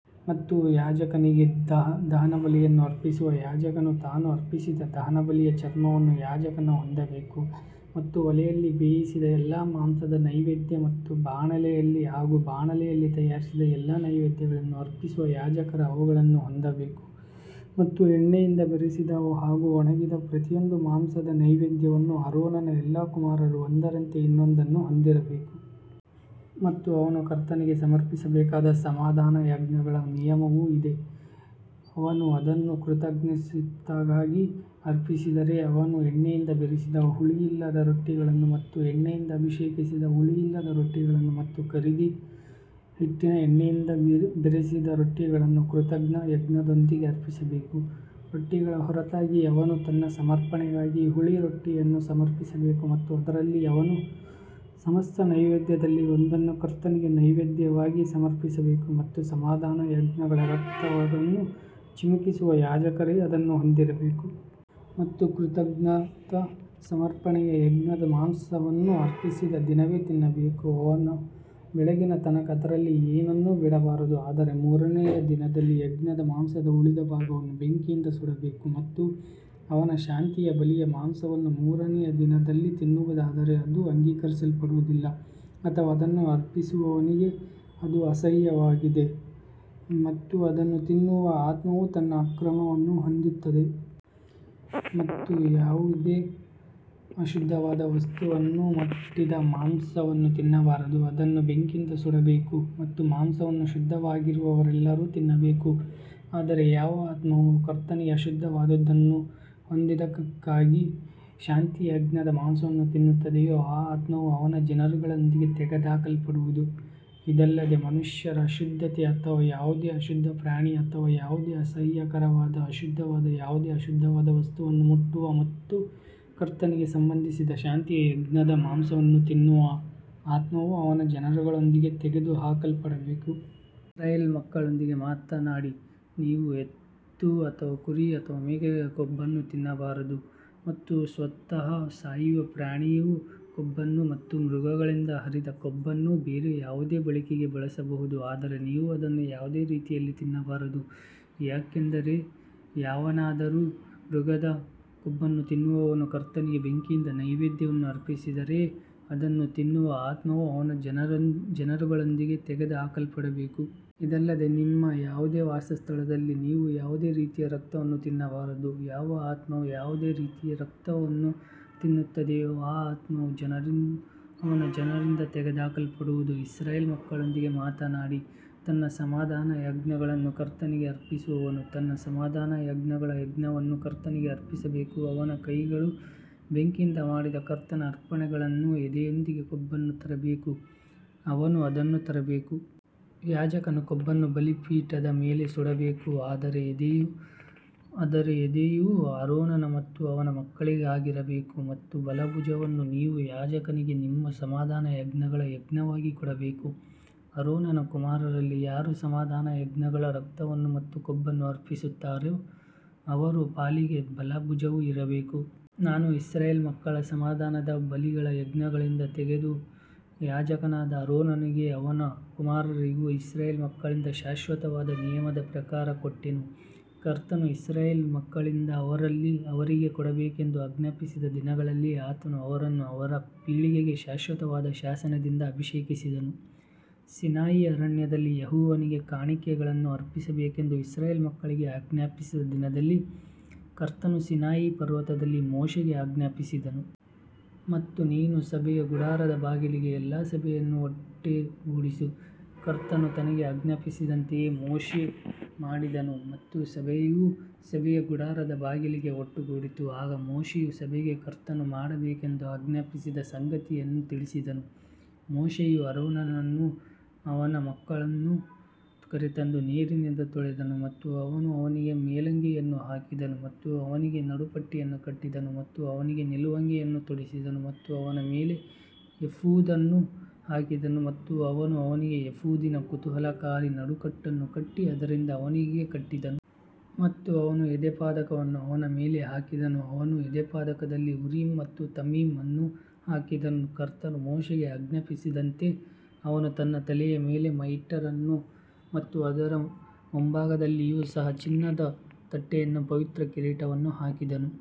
ಮತ್ತು ಯಾಜಕನಿಗೆ ದಹನಬಲಿಯನ್ನು ಅರ್ಪಿಸುವ ಯಾಜಕನು ತಾನು ಅರ್ಪಿಸಿದ ದಹನಬಲಿಯ ಚರ್ಮವನ್ನು ಯಾಜಕನು ಹೊಂದಬೇಕು. ಮತ್ತು ಒಲೆಯಲ್ಲಿ ಬೇಯಿಸಿದ ಎಲ್ಲಾ ಮಾಂಸದ ನೈವೇದ್ಯ ಮತ್ತು ಬಾಣಲೆಯಲ್ಲಿ ಹಾಗೂ ಬಾಣಲೆಯಲ್ಲಿ ತಯಾರಿಸಿದ ಎಲ್ಲಾ ನೈವೇದ್ಯಗಳನ್ನು ಅರ್ಪಿಸುವ ಯಾಜಕರು ಅವುಗಳನ್ನು ಹೊಂದಬೇಕು. ಮತ್ತು ಎಣ್ಣೆಯಿಂದ ಬೆರೆಸಿದ ಹಾಗೂ ಒಣಗಿದ ಪ್ರತಿಯೊಂದು ಮಾಂಸದ ನೈವೇದ್ಯವು ಆರೋನನ ಎಲ್ಲಾ ಕುಮಾರರು ಒಂದರಂತೆ ಇನ್ನೊಂದನ್ನು ಹೊಂದಿರಬೇಕು. ಮತ್ತು ಅವನು ಕರ್ತನಿಗೆ ಸಮರ್ಪಿಸಬೇಕಾದ ಸಮಾಧಾನಯಜ್ಞಗಳ ನಿಯಮವು ಇದೇ. ಅವನು ಅದನ್ನು ಕೃತಜ್ಞತಾಸ್ತುತಿಗಾಗಿ ಅರ್ಪಿಸಿದರೆ ಅವನು ಎಣ್ಣೆಯಿಂದ ಬೆರೆಸಿದ ಹುಳಿಯಿಲ್ಲದ ರೊಟ್ಟಿಗಳನ್ನು ಮತ್ತು ಎಣ್ಣೆಯಿಂದ ಅಭಿಷೇಕಿಸಿದ ಹುಳಿಯಿಲ್ಲದ ರೊಟ್ಟಿಗಳನ್ನು ಮತ್ತು ಕರಿದ ಹಿಟ್ಟಿನ ಎಣ್ಣೆಯಿಂದ ಬೆರೆಸಿದ ರೊಟ್ಟಿಗಳನ್ನು ಕೃತಜ್ಞತಾ ಯಜ್ಞದೊಂದಿಗೆ ಅರ್ಪಿಸಬೇಕು. ರೊಟ್ಟಿಗಳ ಹೊರತಾಗಿ ಅವನು ತನ್ನ ಸಮರ್ಪಣೆಗಾಗಿ ಹುಳಿ ರೊಟ್ಟಿಯನ್ನು ಸಮರ್ಪಿಸಬೇಕು ಮತ್ತು ಅದರಲ್ಲಿ ಅವನು ಸಮಸ್ತ ನೈವೇದ್ಯದಲ್ಲಿ ಒಂದನ್ನು ಕರ್ತನಿಗೆ ನೈವೇದ್ಯವಾಗಿ ಸಮರ್ಪಿಸಬೇಕು ಮತ್ತು ಸಮಾಧಾನಯಜ್ಞಗಳ ರಕ್ತವನ್ನು ಚಿಮುಕಿಸುವ ಯಾಜಕರೇ ಅದನ್ನು ಹೊಂದಿರಬೇಕು. ಮತ್ತು ಕೃತಜ್ಞತಾ ಸಮರ್ಪಣೆಯ ಯಜ್ಞದ ಮಾಂಸವನ್ನು ಅರ್ಪಿಸಿದ ದಿನವೇ ತಿನ್ನಬೇಕು ಅವನು ಬೆಳಗಿನ ತನಕ ಅದರಲ್ಲಿ ಏನನ್ನೂ ಬಿಡಬಾರದು. ಆದರೆ ಮೂರನೆಯ ದಿನದಲ್ಲಿ ಯಜ್ಞದ ಮಾಂಸದ ಉಳಿದ ಭಾಗವನ್ನು ಬೆಂಕಿಯಿಂದ ಸುಡಬೇಕು. ಮತ್ತು ಅವನ ಶಾಂತಿಯ ಬಲಿಯ ಮಾಂಸವನ್ನು ಮೂರನೆಯ ದಿನದಲ್ಲಿ ತಿನ್ನುವುದಾದರೆ ಅದು ಅಂಗೀಕರಿಸಲ್ಪಡುವುದಿಲ್ಲ ಅಥವಾ ಅದನ್ನು ಅರ್ಪಿಸುವವನಿಗೆ ಅದು ಅಸಹ್ಯವಾಗಿದೆ ಮತ್ತು ಅದನ್ನು ತಿನ್ನುವ ಆತ್ಮವು ತನ್ನ ಅಕ್ರಮವನ್ನು ಹೊಂದುತ್ತದೆ. ಮತ್ತು ಯಾವುದೇ ಅಶುದ್ಧವಾದ ವಸ್ತುವನ್ನು ಮುಟ್ಟಿದ ಮಾಂಸವನ್ನು ತಿನ್ನಬಾರದು ಅದನ್ನು ಬೆಂಕಿಯಿಂದ ಸುಡಬೇಕು ಮತ್ತು ಮಾಂಸವನ್ನು ಶುದ್ಧವಾಗಿರುವವರೆಲ್ಲರೂ ತಿನ್ನಬೇಕು. ಆದರೆ ಯಾವ ಆತ್ಮವು ಕರ್ತನಿಗೆ ಅಶುದ್ಧವಾದದ್ದನ್ನು ಹೊಂದಿದ್ದಕ್ಕಾಗಿ ಶಾಂತಿಯ ಯಜ್ಞದ ಮಾಂಸವನ್ನು ತಿನ್ನುತ್ತದೆಯೋ ಆ ಆತ್ಮವು ಅವನ ಜನರೊಳಗಿಂದ ತೆಗೆದುಹಾಕಲ್ಪಡುವದು. ಇದಲ್ಲದೆ ಮನುಷ್ಯರ ಅಶುದ್ಧತೆ ಅಥವಾ ಯಾವುದೇ ಅಶುದ್ಧ ಪ್ರಾಣಿ ಅಥವಾ ಯಾವುದೇ ಅಸಹ್ಯಕರವಾದ ಅಶುದ್ಧವಾದ ಯಾವುದೇ ಅಶುದ್ಧವಾದ ವಸ್ತುವನ್ನು ಮುಟ್ಟುವ ಮತ್ತು ಕರ್ತನಿಗೆ ಸಂಬಂಧಿಸಿದ ಶಾಂತಿಯ ಯಜ್ಞದ ಮಾಂಸವನ್ನು ತಿನ್ನುವ ಆತ್ಮವು ಅವನ ಜನರೊಳಗಿಂದ ತೆಗೆದುಹಾಕಲ್ಪಡಬೇಕು. ಇಸ್ರಾಯೇಲ್ ಮಕ್ಕಳೊಂದಿಗೆ ಮಾತನಾಡಿ ನೀವು ಎತ್ತು ಅಥವಾ ಕುರಿ ಅಥವಾ ಮೇಕೆಗಳ ಕೊಬ್ಬನ್ನು ತಿನ್ನಬಾರದು. ಮತ್ತು ಸ್ವತಃ ಸಾಯುವ ಪ್ರಾಣಿಯ ಕೊಬ್ಬನ್ನು ಮತ್ತು ಮೃಗಗಳಿಂದ ಹರಿದ ಕೊಬ್ಬನ್ನು ಬೇರೆ ಯಾವುದೇ ಬಳಕೆಗೆ ಬಳಸಬಹುದು ಆದರೆ ನೀವು ಅದನ್ನು ಯಾವುದೇ ರೀತಿಯಲ್ಲಿ ತಿನ್ನಬಾರದು. ಯಾಕಂದರೆ ಯಾವನಾದರೂ ಮೃಗದ ಕೊಬ್ಬನ್ನು ತಿನ್ನುವವನು ಕರ್ತನಿಗೆ ಬೆಂಕಿಯಿಂದ ನೈವೇದ್ಯವನ್ನು ಅರ್ಪಿಸಿದರೆ ಅದನ್ನು ತಿನ್ನುವ ಆತ್ಮವು ಅವನ ಜನರೊಳಗಿಂದ ತೆಗೆದುಹಾಕಲ್ಪಡಬೇಕು. ಇದಲ್ಲದೆ ನಿಮ್ಮ ಯಾವುದೇ ವಾಸಸ್ಥಳದಲ್ಲಿ ನೀವು ಯಾವುದೇ ರೀತಿಯ ರಕ್ತವನ್ನು ತಿನ್ನಬಾರದು. ಯಾವ ಆತ್ಮವು ಯಾವುದೇ ರೀತಿಯ ರಕ್ತವನ್ನು ತಿನ್ನುತ್ತದೆಯೋ ಆ ಆತ್ಮವು ಅವನ ಜನರಿಂದ ತೆಗೆದುಹಾಕಲ್ಪಡುವದು. ಇಸ್ರಾಯೇಲ್ ಮಕ್ಕಳೊಂದಿಗೆ ಮಾತನಾಡಿ ತನ್ನ ಸಮಾಧಾನಯಜ್ಞಗಳನ್ನು ಕರ್ತನಿಗೆ ಅರ್ಪಿಸುವವನು ತನ್ನ ಸಮಾಧಾನಯಜ್ಞಗಳ ಯಜ್ಞವನ್ನು ಕರ್ತನಿಗೆ ಅರ್ಪಿಸಬೇಕು. ಅವನ ಕೈಗಳು ಬೆಂಕಿಯಿಂದ ಮಾಡಿದ ಕರ್ತನ ಅರ್ಪಣೆಗಳನ್ನು ಎದೆಯೊಂದಿಗೆ ಕೊಬ್ಬನ್ನು ತರಬೇಕು ಅವನು ಅದನ್ನು ತರಬೇಕು. ಯಾಜಕನು ಕೊಬ್ಬನ್ನು ಬಲಿಪೀಠದ ಮೇಲೆ ಸುಡಬೇಕು ಆದರೆ ಎದೆಯು ಆರೋನನ ಮತ್ತು ಅವನ ಮಕ್ಕಳಾಗಿರಬೇಕು. ಮತ್ತು ಬಲ ಭುಜವನ್ನು ನೀವು ಯಾಜಕನಿಗೆ ನಿಮ್ಮ ಸಮಾಧಾನಯಜ್ಞಗಳ ಯಜ್ಞವಾಗಿ ಕೊಡಬೇಕು. ಆರೋನನ ಕುಮಾರರಲ್ಲಿ ಯಾರು ಸಮಾಧಾನಯಜ್ಞಗಳ ರಕ್ತವನ್ನು ಮತ್ತು ಕೊಬ್ಬನ್ನು ಅರ್ಪಿಸುತ್ತಾರೋ ಅವರ ಪಾಲಿಗೆ ಬಲ ಭುಜವು ಇರಬೇಕು. ನಾನು ಇಸ್ರಾಯೇಲ್ ಮಕ್ಕಳ ಸಮಾಧಾನದ ಬಲಿಗಳ ಯಜ್ಞಗಳಿಂದ ತೆಗೆದು ಯಾಜಕನಾದ ಆರೋನನಿಗೂ ಅವನ ಕುಮಾರರಿಗೂ ಇಸ್ರಾಯೇಲ್ ಮಕ್ಕಳಿಂದ ಶಾಶ್ವತವಾದ ನಿಯಮದ ಪ್ರಕಾರ ಕೊಟ್ಟೆನು. ಕರ್ತನು ಇಸ್ರಾಯೇಲ್ ಮಕ್ಕಳಿಂದ ಅವರಿಗೆ ಕೊಡಬೇಕೆಂದು ಆಜ್ಞಾಪಿಸಿದ ದಿನದಲ್ಲಿ ಆತನು ಅವರನ್ನು ಅವರ ಪೀಳಿಗೆಗೆ ಶಾಶ್ವತವಾದ ಶಾಸನದಿಂದ ಅಭಿಷೇಕಿಸಿದನು. ಸೀನಾಯಿ ಅರಣ್ಯದಲ್ಲಿ ಯೆಹೋವನಿಗೆ ಕಾಣಿಕೆಗಳನ್ನು ಅರ್ಪಿಸಬೇಕೆಂದು ಇಸ್ರಾಯೇಲ್ ಮಕ್ಕಳಿಗೆ ಆಜ್ಞಾಪಿಸಿದ ದಿನದಲ್ಲಿ ಕರ್ತನು ಸೀನಾಯಿ ಪರ್ವತದಲ್ಲಿ ಮೋಶೆಗೆ ಆಜ್ಞಾಪಿಸಿದನು. ಮತ್ತು ನೀನು ಸಭೆಯ ಗುಡಾರದ ಬಾಗಿಲಿಗೆ ಎಲ್ಲಾ ಸಭೆಯನ್ನು ಒಟ್ಟುಗೂಡಿಸು. ಕರ್ತನು ತನಗೆ ಆಜ್ಞಾಪಿಸಿದಂತೆಯೇ ಮೋಶೆ ಮಾಡಿದನು ಮತ್ತು ಸಭೆಯು ಸಭೆಯ ಗುಡಾರದ ಬಾಗಿಲಿಗೆ ಒಟ್ಟುಗೂಡಿತು. ಆಗ ಮೋಶೆಯು ಸಭೆಗೆ ಕರ್ತನು ಮಾಡಬೇಕೆಂದು ಆಜ್ಞಾಪಿಸಿದ ಸಂಗತಿಯನ್ನು ತಿಳಿಸಿದನು. ಮೋಶೆಯು ಆರೋನನನ್ನೂ ಅವನ ಮಕ್ಕಳನ್ನೂ ಕರೆತಂದು ನೀರಿನಿಂದ ತೊಳೆದನು ಮತ್ತು ಅವನು ಅವನಿಗೆ ಮೇಲಂಗಿಯನ್ನು ಹಾಕಿದನು ಮತ್ತು ಅವನಿಗೆ ನಡುಪಟ್ಟಿಯನ್ನು ಕಟ್ಟಿದನು ಮತ್ತು ಅವನಿಗೆ ನಿಲುವಂಗಿಯನ್ನು ತೊಡಿಸಿದನು ಮತ್ತು ಅವನ ಮೇಲೆ ಏಫೋದನ್ನು ಹಾಕಿದನು ಮತ್ತು ಅವನು ಅವನಿಗೆ ಏಫೋದಿನ ಕುತೂಹಲಕಾರಿ ನಡುಕಟ್ಟನ್ನು ಕಟ್ಟಿ ಅದರಿಂದ ಅವನಿಗೆ ಕಟ್ಟಿದನು. ಮತ್ತು ಅವನು ಎದೆಪದಕವನ್ನು ಅವನ ಮೇಲೆ ಹಾಕಿದನು ಅವನು ಎದೆಪದಕದಲ್ಲಿ ಉರೀಮ್ ಮತ್ತು ತುಮ್ಮೀಮ್ ಅನ್ನು ಹಾಕಿದನು. ಕರ್ತನು ಮೋಶೆಗೆ ಆಜ್ಞಾಪಿಸಿದಂತೆ ಅವನು ತನ್ನ ತಲೆಯ ಮೇಲೆ ಮೈಟರ್ ಅನ್ನು ಮತ್ತು ಅದರ ಮುಂಭಾಗದಲ್ಲಿಯೂ ಸಹ ಚಿನ್ನದ ತಟ್ಟೆಯನ್ನು ಪವಿತ್ರ ಕಿರೀಟವನ್ನು ಹಾಕಿದನು.